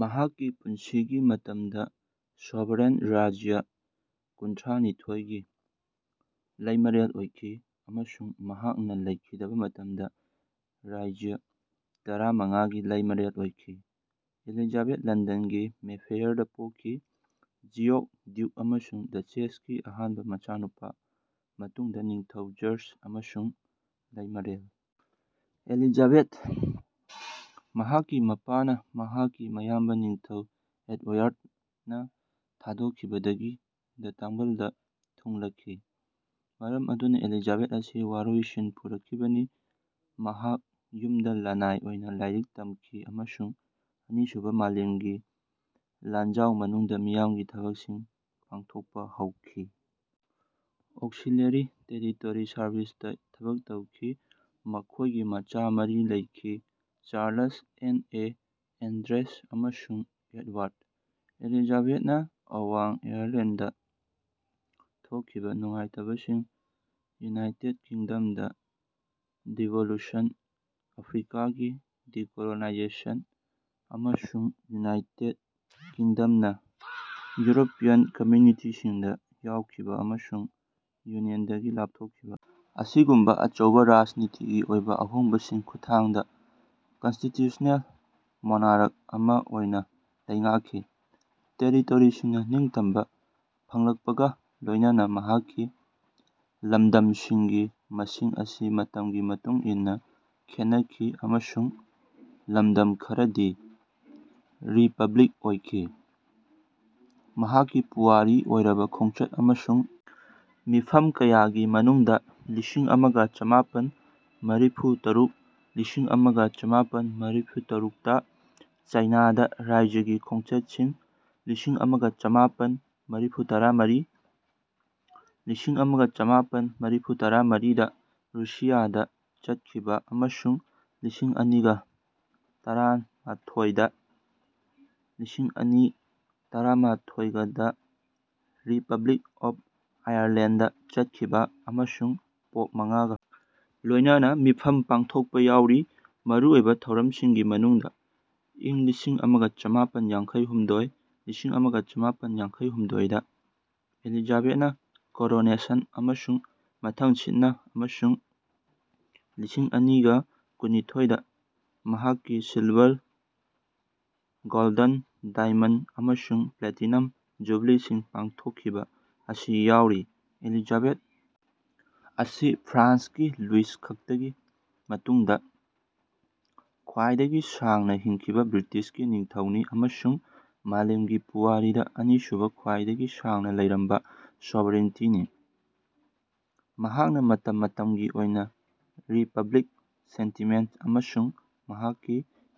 ꯃꯍꯥꯛꯀꯤ ꯄꯨꯟꯁꯤꯒꯤ ꯃꯇꯝꯗ ꯁꯣꯚꯔꯦꯟ ꯔꯥꯖ꯭ꯌ ꯀꯨꯟꯊ꯭ꯔꯥꯅꯤꯊꯣꯢ ꯒꯤ ꯂꯩꯃꯔꯦꯜ ꯑꯣꯏꯈꯤ ꯑꯃꯁꯨꯡ ꯃꯍꯥꯛꯅꯥ ꯂꯩꯈꯤꯗꯕꯥ ꯃꯇꯝꯗ ꯔꯥꯖ꯭ꯌ ꯇꯔꯥꯃꯉꯥ ꯒꯤ ꯂꯩꯃꯔꯦꯜ ꯑꯣꯏꯈꯤ꯫ ꯑꯦꯂꯤꯖꯥꯕꯦꯊ ꯂꯟꯗꯟꯒꯤ ꯃꯦꯐꯦꯌꯔꯗꯥ ꯄꯣꯛꯈꯤ ꯖꯤꯌꯣꯔꯛ ꯗ꯭ꯌꯨꯛ ꯑꯃꯁꯨꯡ ꯗꯆꯦꯁꯀꯤ ꯑꯍꯥꯟꯕ ꯃꯆꯥꯅꯨꯄꯥ ꯃꯇꯨꯡꯗ ꯅꯤꯡꯊꯧ ꯖꯔꯖ ꯑꯃꯁꯨꯡ ꯂꯩꯃꯔꯦꯜ ꯑꯦꯂꯤꯖꯥꯕꯦꯊ꯫ ꯃꯍꯥꯛꯀꯤ ꯃꯄꯥꯅꯥ ꯃꯍꯥꯛꯀꯤ ꯃꯌꯥꯝꯕ ꯅꯤꯡꯊꯧ ꯑꯦꯗꯑꯣꯌꯥꯔꯗ ꯅꯥ ꯊꯥꯗꯣꯛꯈꯤꯕꯗꯒꯤ ꯗꯥ ꯇꯥꯡꯕꯜꯗ ꯊꯨꯡꯂꯈꯤ ꯃꯔꯝ ꯑꯗꯨꯅꯥ ꯑꯦꯂꯤꯖꯥꯕꯦꯊ ꯑꯁꯤ ꯋꯥꯔꯣꯏꯁꯤꯟ ꯄꯨꯔꯛꯈꯤꯕꯅꯤ꯫ ꯃꯍꯥꯛ ꯌꯨꯝꯗꯥ ꯂꯅꯥꯏ ꯑꯣꯏꯅ ꯂꯥꯏꯔꯤꯛ ꯇꯝꯈꯤ ꯑꯃꯁꯨꯡ ꯑꯅꯤꯁꯨꯕꯥ ꯃꯥꯂꯦꯝꯒꯤ ꯂꯥꯟꯖꯥꯎ ꯃꯅꯨꯡꯗ ꯃꯤꯌꯥꯝꯒꯤ ꯊꯕꯛꯁꯤꯡ ꯄꯥꯡꯊꯣꯛꯄꯥ ꯍꯧꯈꯤ ꯑꯣꯛꯁꯤꯂꯦꯔꯤ ꯇꯦꯔꯤꯇꯣꯔꯤ ꯁꯔꯚꯤꯁꯇꯥ ꯊꯕꯛ ꯇꯧꯈꯤ꯫ ꯃꯈꯣꯏꯒꯤ ꯃꯆꯥ ꯃꯔꯤ ꯂꯩꯈꯤ ꯆꯥꯔꯂꯁ, ꯑꯦꯟꯅꯦ, ꯑꯦꯟꯗ꯭ꯔꯦꯁ ꯑꯃꯁꯨꯡ ꯑꯦꯗꯋꯥꯔꯗ꯫ ꯑꯦꯂꯤꯖꯥꯕꯦꯊꯅꯥ ꯑꯋꯥꯡ ꯑꯥꯌꯔꯂꯦꯟꯗꯗꯥ ꯊꯣꯛꯈꯤꯕ ꯅꯨꯡꯉꯥꯏꯇꯕꯁꯤꯡ, ꯌꯨꯅꯥꯏꯇꯦꯗ ꯀꯤꯡꯗꯝꯗꯥ ꯗꯤꯚꯣꯂꯨꯁꯟ, ꯑꯐ꯭ꯔꯤꯀꯥꯒꯤ ꯗꯤꯀꯣꯂꯣꯅꯥꯏꯖꯦꯁꯟ ꯑꯃꯁꯨꯡ ꯌꯨꯅꯥꯏꯇꯦꯗ ꯀꯤꯡꯗꯝꯅꯥ ꯌꯨꯔꯣꯄꯤꯌꯟ ꯀꯃꯨꯅꯤꯇꯤꯁꯤꯡꯗꯥ ꯌꯥꯎꯈꯤꯕ ꯑꯃꯁꯨꯡ ꯌꯨꯅꯤꯌꯟꯗꯒꯤ ꯂꯥꯞꯊꯣꯛꯈꯤꯕ ꯑꯁꯤꯒꯨꯝꯕꯥ ꯑꯆꯧꯕ ꯔꯥꯖꯅꯤꯇꯤꯒꯤ ꯑꯣꯏꯕ ꯑꯍꯣꯡꯕꯁꯤꯡꯒꯤ ꯈꯨꯠꯊꯥꯡꯗ ꯀꯟꯁꯇꯤꯇ꯭ꯌꯨꯁ꯭ꯅꯦꯜ ꯃꯣꯅꯥꯔꯛ ꯑꯃꯥ ꯑꯣꯏꯅꯥ ꯂꯩꯉꯥꯛꯈꯤ꯫ ꯇꯦꯔꯤꯇꯣꯔꯤꯁꯤꯡꯅꯥ ꯅꯤꯡꯇꯝꯕ ꯐꯪꯂꯛꯄꯒꯥ ꯂꯣꯏꯅꯅ ꯃꯍꯥꯛꯀꯤ ꯂꯝꯗꯝꯁꯤꯡꯒꯤ ꯃꯁꯤꯡ ꯑꯁꯤ ꯃꯇꯝꯒꯤ ꯃꯇꯨꯡ ꯏꯟꯅꯥ ꯈꯦꯠꯅꯈꯤ ꯑꯃꯁꯨꯡ ꯂꯝꯗꯝ ꯈꯔꯗꯤ ꯔꯤꯄꯕ꯭ꯂꯤꯛ ꯑꯣꯏꯈꯤ꯫ ꯃꯍꯥꯛꯀꯤ ꯄꯨꯋꯥꯔꯤ ꯑꯣꯏꯔꯕ ꯈꯣꯡꯆꯠ ꯑꯃꯁꯨꯡ ꯃꯤꯐꯝ ꯀꯌꯥꯒꯤ ꯃꯅꯨꯡꯗꯥ ꯂꯤꯁꯤꯡꯑꯃꯒ ꯆꯃꯥꯄꯟ ꯃꯔꯤꯐꯨꯇꯔꯨꯛ ꯂꯤꯁꯤꯡꯑꯃꯒ ꯆꯥꯃꯄꯟ ꯃꯔꯤꯐꯨꯇꯔꯨꯛꯇꯥ ꯆꯥꯏꯅꯥꯗ ꯔꯥꯖ꯭ꯌꯒꯤ ꯈꯣꯡꯆꯠꯁꯤꯡ ꯂꯤꯁꯤꯡꯑꯃꯒ ꯆꯃꯥꯄꯟ ꯃꯔꯤꯐꯨꯇꯔꯥꯃꯔꯤ ꯂꯤꯁꯤꯡꯑꯃꯒ ꯆꯥꯃꯄꯟ ꯃꯔꯤꯐꯨꯇꯔꯥꯃꯔꯤ ꯗꯥ ꯔꯨꯁꯤꯌꯥꯗꯥ ꯆꯠꯈꯤꯕ ꯑꯃꯁꯨꯡ ꯂꯤꯁꯤꯡꯑꯅꯤꯒꯇꯔꯥꯃꯊꯣꯢ ꯗ ꯂꯤꯁꯤꯡꯑꯅꯤ ꯇꯔꯥꯃꯊꯣꯢꯒꯗꯥ ꯔꯤꯄꯕ꯭ꯂꯤꯛ ꯑꯣꯐ ꯑꯥꯌꯔꯂꯦꯟꯗꯗꯥ ꯆꯠꯈꯤꯕ ꯑꯃꯁꯨꯡ ꯄꯣꯞ ꯃꯉꯥꯒꯥ ꯂꯣꯏꯅꯅ ꯃꯤꯐꯝ ꯄꯥꯛꯊꯣꯛꯄꯥ ꯌꯥꯎꯔꯤ꯫ ꯃꯔꯨꯑꯣꯏꯕ ꯊꯧꯔꯝꯁꯤꯡꯒꯤ ꯃꯅꯨꯡꯗ ꯢꯪ ꯂꯤꯁꯤꯡꯑꯃꯒ ꯆꯃꯥꯄꯟ ꯌꯥꯡꯈꯩꯍꯨꯝꯗꯣꯢ ꯂꯤꯁꯤꯡꯑꯃꯒ ꯆꯥꯃꯄꯟ ꯌꯥꯡꯈꯩꯍꯨꯝꯗꯣꯢ ꯗꯥ ꯑꯦꯂꯤꯖꯥꯕꯦꯊꯅꯥ ꯀꯣꯔꯣꯅꯦꯁꯟ ꯑꯃꯁꯨꯡ ꯃꯊꯪꯁꯤꯠꯅꯥ ꯑꯃꯁꯨꯡ ꯂꯤꯁꯤꯡꯑꯅꯤꯒꯀꯨꯟꯅꯤꯊꯣꯢ ꯗ ꯃꯍꯥꯛꯀꯤ ꯁꯤꯜꯚꯥꯔ, ꯒꯣꯜꯗꯟ, ꯗꯥꯏꯃꯟꯗ ꯑꯃꯁꯨꯡ ꯄ꯭ꯂꯦꯇꯤꯅꯝ ꯖꯨꯕꯤꯂꯤꯁꯤꯡ ꯄꯥꯡꯊꯣꯛꯈꯤꯕ ꯑꯁꯤ ꯌꯥꯎꯔꯤ꯫ ꯑꯦꯂꯤꯖꯥꯕꯦꯊ ꯑꯁꯤ ꯐ꯭ꯔꯥꯟꯁꯀꯤ ꯂꯨꯏꯁ ꯈꯛꯇꯒꯤ ꯃꯇꯨꯡꯗꯥ ꯈ꯭ꯋꯥꯏꯗꯒꯤ ꯁꯥꯡꯅꯥ ꯍꯤꯡꯈꯤꯕ ꯕ꯭ꯔꯤꯇꯤꯁꯀꯤ ꯅꯤꯡꯊꯧꯅꯤ ꯑꯃꯁꯨꯡ ꯃꯥꯂꯦꯝꯒꯤ ꯄꯨꯋꯥꯔꯤꯗꯥ ꯑꯅꯤꯁꯨꯕ ꯈ꯭ꯋꯥꯏꯗꯒꯤ ꯁꯥꯡꯅꯥ ꯂꯩꯔꯝꯕ ꯁꯣꯚꯔꯦꯟꯇꯤꯅꯤ꯫ ꯃꯍꯥꯛꯅꯥ ꯃꯇꯝ ꯃꯇꯝꯒꯤ ꯑꯣꯏꯅ ꯔꯤꯄꯕ꯭ꯂꯤꯛ ꯁꯦꯟꯇꯤꯃꯦꯟꯇ ꯑꯃꯁꯨꯡ ꯃꯍꯥꯛꯀꯤ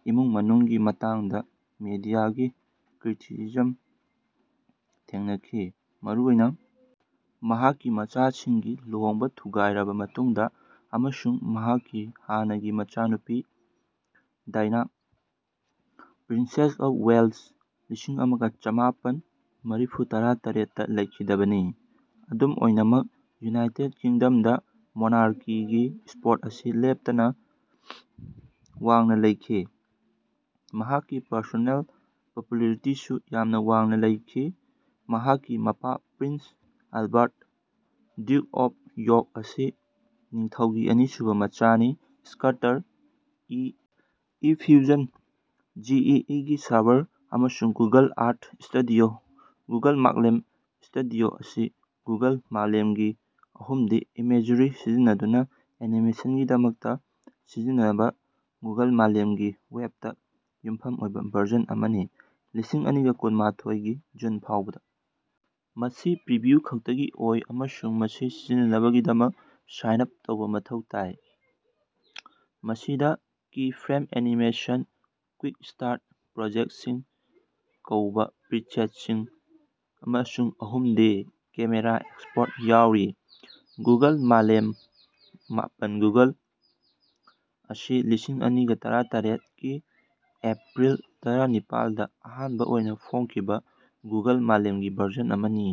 ꯏꯃꯨꯡ ꯃꯅꯨꯡꯒꯤ ꯃꯇꯥꯡꯗ ꯃꯤꯗꯤꯌꯥꯒꯤ ꯀ꯭ꯔꯤꯇꯤꯁꯤꯖꯝ ꯊꯦꯡꯅꯈꯤ ꯃꯔꯨꯑꯣꯏꯅ ꯃꯍꯥꯛꯀꯤ ꯃꯆꯥꯁꯤꯡꯒꯤ ꯂꯨꯍꯣꯡꯕ ꯊꯨꯒꯥꯏꯔꯕ ꯃꯇꯨꯡꯗꯥ ꯑꯃꯁꯨꯡ ꯃꯍꯥꯛꯀꯤ ꯍꯥꯟꯅꯒꯤ ꯃꯆꯥꯅꯨꯄꯤ ꯗꯥꯏꯅꯥ, ꯄ꯭ꯔꯤꯟꯁꯦꯁ ꯑꯣꯐ ꯋꯦꯂꯁ ꯂꯤꯁꯤꯡꯑꯃꯒ ꯆꯃꯥꯄꯟ ꯃꯔꯤꯐꯨꯇꯔꯥꯇꯔꯦꯠ ꯇꯥ ꯂꯩꯈꯤꯗꯕꯅꯤ꯫ ꯑꯗꯨꯝ ꯑꯣꯏꯅꯃꯛ ꯌꯨꯅꯥꯏꯇꯦꯗ ꯀꯤꯡꯗꯝꯗꯥ ꯃꯣꯅꯥꯔꯀꯤꯒꯤ ꯁꯄꯣꯔꯠ ꯑꯁꯤ ꯂꯦꯞꯇꯅꯥ ꯋꯥꯡꯅꯥ ꯂꯩꯈꯤ ꯃꯍꯥꯛꯀꯤ ꯄꯔꯁꯣꯅꯦꯜ ꯄꯄꯨꯂꯥꯔꯤꯇꯤꯁꯨ ꯌꯥꯝꯅꯥ ꯋꯥꯡꯅꯥ ꯂꯩꯈꯤ꯫ ꯃꯍꯥꯛꯀꯤ ꯃꯄꯥ prince Albert ,duke of York ꯑꯁꯤ ꯅꯤꯡꯊꯧꯒꯤ ꯑꯅꯤꯁꯨꯕ ꯃꯆꯥꯅꯤ꯫ ꯁ꯭ꯀꯇꯔ E. E. Fusion, G. E. E. ꯒꯤ ꯁꯔꯚꯥꯔ ꯑꯃꯁꯨꯡ ꯒꯨꯒꯜ ꯑꯥꯔꯊ ꯁ꯭ꯇꯨꯗꯤꯑꯣ ꯒꯨꯒꯜ ꯃꯥꯛꯂꯦꯝ ꯁ꯭ꯇꯨꯗꯤꯑꯣ ꯑꯁꯤ ꯒꯨꯒꯜ ꯃꯥꯂꯦꯝꯒꯤ ꯑꯍꯨꯝꯗꯤ ꯏꯃꯦꯖꯔꯤ ꯁꯤꯖꯤꯟꯅꯗꯨꯅꯥ ꯑꯦꯅꯤꯃꯦꯁꯟꯒꯤꯗꯃꯛꯇꯥ ꯁꯤꯖꯤꯟꯅꯕꯥ ꯒꯨꯒꯜ ꯃꯥꯂꯦꯝꯒꯤ ꯋꯦꯕꯇꯥ ꯌꯨꯝꯐꯝ ꯑꯣꯏꯕꯥ ꯚꯔꯖꯟ ꯑꯃꯅꯤ꯫ ꯂꯤꯁꯤꯡꯑꯅꯤꯒꯀꯨꯟꯃꯊꯣꯢ ꯒꯤ ꯖꯨꯟ ꯐꯥꯎꯕꯗꯥ ꯃꯁꯤ ꯄ꯭ꯔꯤꯚꯤꯎ ꯈꯛꯇꯒꯤ ꯑꯣꯏ ꯑꯃꯁꯨꯡ ꯃꯁꯤ ꯁꯤꯖꯤꯟꯅꯅꯕꯒꯤꯗꯃꯛ ꯁꯥꯏꯟ ꯑꯥꯞ ꯇꯧꯕꯥ ꯃꯊꯧ ꯇꯥꯏ꯫ ꯃꯁꯤꯗꯥ ꯀꯤꯐ꯭ꯔꯦꯝ ꯑꯦꯅꯤꯃꯦꯁꯟ "ꯀꯨꯏꯛ-ꯁ꯭ꯇꯥꯔꯠ ꯄ꯭ꯔꯣꯖꯦꯛꯇꯁꯤꯡ" ꯀꯧꯕꯥ ꯄ꯭ꯔꯤꯁꯦꯠꯁꯤꯡ ꯑꯃꯁꯨꯡ ꯑꯍꯨꯝꯗꯤ ꯀꯦꯃꯦꯔꯥ ꯑꯦꯛꯁꯄꯣꯔꯠ ꯌꯥꯎꯔꯤ꯫ ꯒꯨꯒꯜ ꯃꯥꯂꯦꯝ ꯃꯥꯄꯟꯒꯨꯒꯜ ꯑꯁꯤ ꯂꯤꯁꯤꯡꯑꯅꯤꯒꯇꯔꯥꯇꯔꯦꯠ ꯀꯤ ꯑꯦꯄ꯭ꯔꯤꯜ ꯇꯔꯥꯅꯤꯄꯥꯜ ꯗꯥ ꯑꯍꯥꯟꯕꯥ ꯑꯣꯏꯅꯥ ꯐꯣꯡꯈꯤꯕꯥ ꯒꯨꯒꯜ ꯃꯥꯂꯦꯝꯒꯤ ꯚꯔꯖꯟ ꯑꯃꯅꯤ꯫